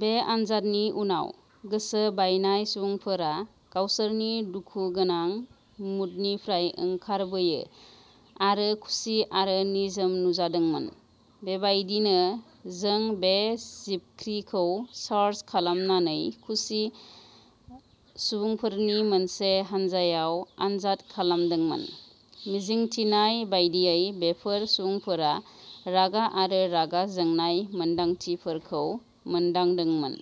बे आनजादनि उनाव, गोसो बायनाय सुबुंफोरा गावसोरनि दुखुगोनां मुडनिफ्राय ओंखारबोयो आरो खुसि आरो निजोम नुजादोंमोन। बेबायदिनो, जों बे जिबख्रिखौ चार्ज खालामनानै खुसि सुबुंफोरनि मोनसे हानजायाव आनजाद खालामदोंमोन। मिजिंथिनाय बायदियै, बेफोर सुबुंफोरा रागा आरो रागा जोंनाय मोन्दांथिफोरखौ मोनदांदोंमोन।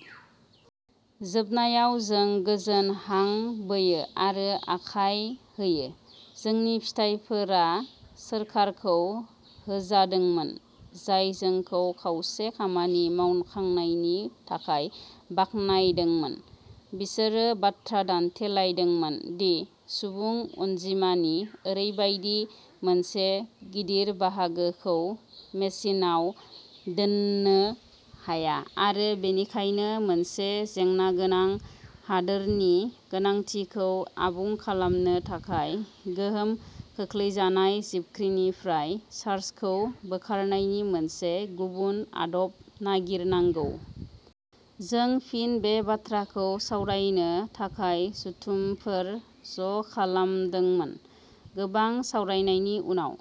जोबनायाव जों गोजोन हां बोयो आरो आखाय होयो। जोंनि फिथाइफोरा सोरखारखौ होजादोंमोन, जाय जोंखौ खावसे खामानि मावखांनायनि थाखाय बाख्नायदोंमोन। बिसोरो बाथ्रा दान्थेलायदोंमोन दि सुबुं अनजिमानि ओरैबायदि मोनसे गिदिर बाहागोखौ मेसिनआव दोन्नो हाया आरो बेनिखायनो मोनसे जेंनागोनां हादोरनि गोनांथिखौ आबुं खालामनो थाखाय गोहोम खोख्लैजानाय जिबख्रिनिफ्राय चार्जखौ बोखारनायनि मोनसे गुबुन आदब नागिरनांगौ। जों फिन बे बाथ्राखौ सावरायनो थाखाय जथुमफोर ज'खालामदोंमोन। गोबां सावरायनायनि उनाव,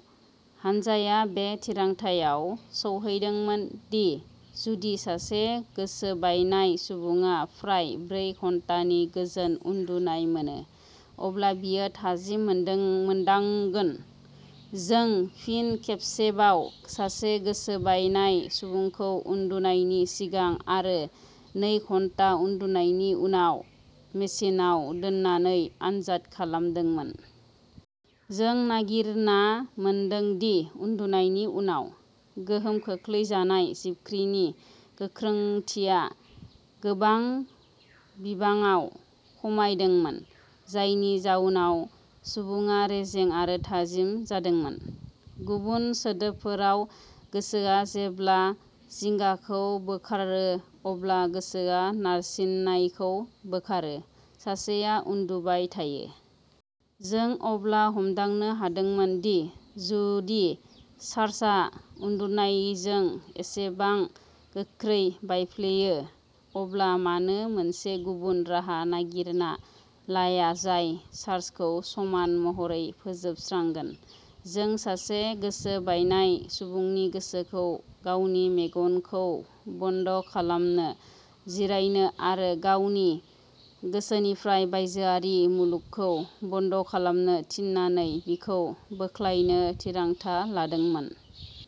हानजाया बे थिरांथायाव सौहैदोंमोन दि जुदि सासे गोसोबायनाय सुबुङा फ्राय ब्रै घन्टानि गोजोन उन्दुनाय मोनो, अब्ला बियो थाजिम मोनदोंमोन मोनदांगोन। जों फिन खेबसेबाव सासे गोसोबायनाय सुबुंखौ उन्दुनायनि सिगां आरो नै घन्टा उन्दुनायनि उनाव मेसिनआव दोननानै आनजाद खालामदोंमोन। जों नागिरना मोनदों दि उन्दुनायनि उनाव, गोहोम खोख्लैजानाय जिबख्रिनि गोख्रोंथिया गोबां बिबाङाव खमायदोंमोन, जायनि जाउनाव सुबुङा रेजें आरो थाजिम जादोंमोन। गुबुन सोदोबफोराव, गोसोआ जेब्ला जिंगाखौ बोखारो अब्ला गोसोआ नारसिननायखौ बोखारो। सासेया उन्दुबाय थायो। जों अब्ला हमदांनो हादोंमोन दि जुदि चार्जआ उन्दुनायजों एसेबां गोख्रै बायफ्लेयो, अब्ला मानो मोनसे गुबुन राहा नागिरना लाया जाय चार्जखौ समान महरै फोजोबस्रांगोन। जों सासे गोसो बायनाय सुबुंनि गोसोखौ गावनि मेगनखौ बन्द'खालामनो, जिरायनो आरो गावनि गोसोनिफ्राय बायजोआरि मुलुगखौ बन्द'खालामनो थिननानै बिखौ बोख्लायनो थिरांथा लादोंमोन।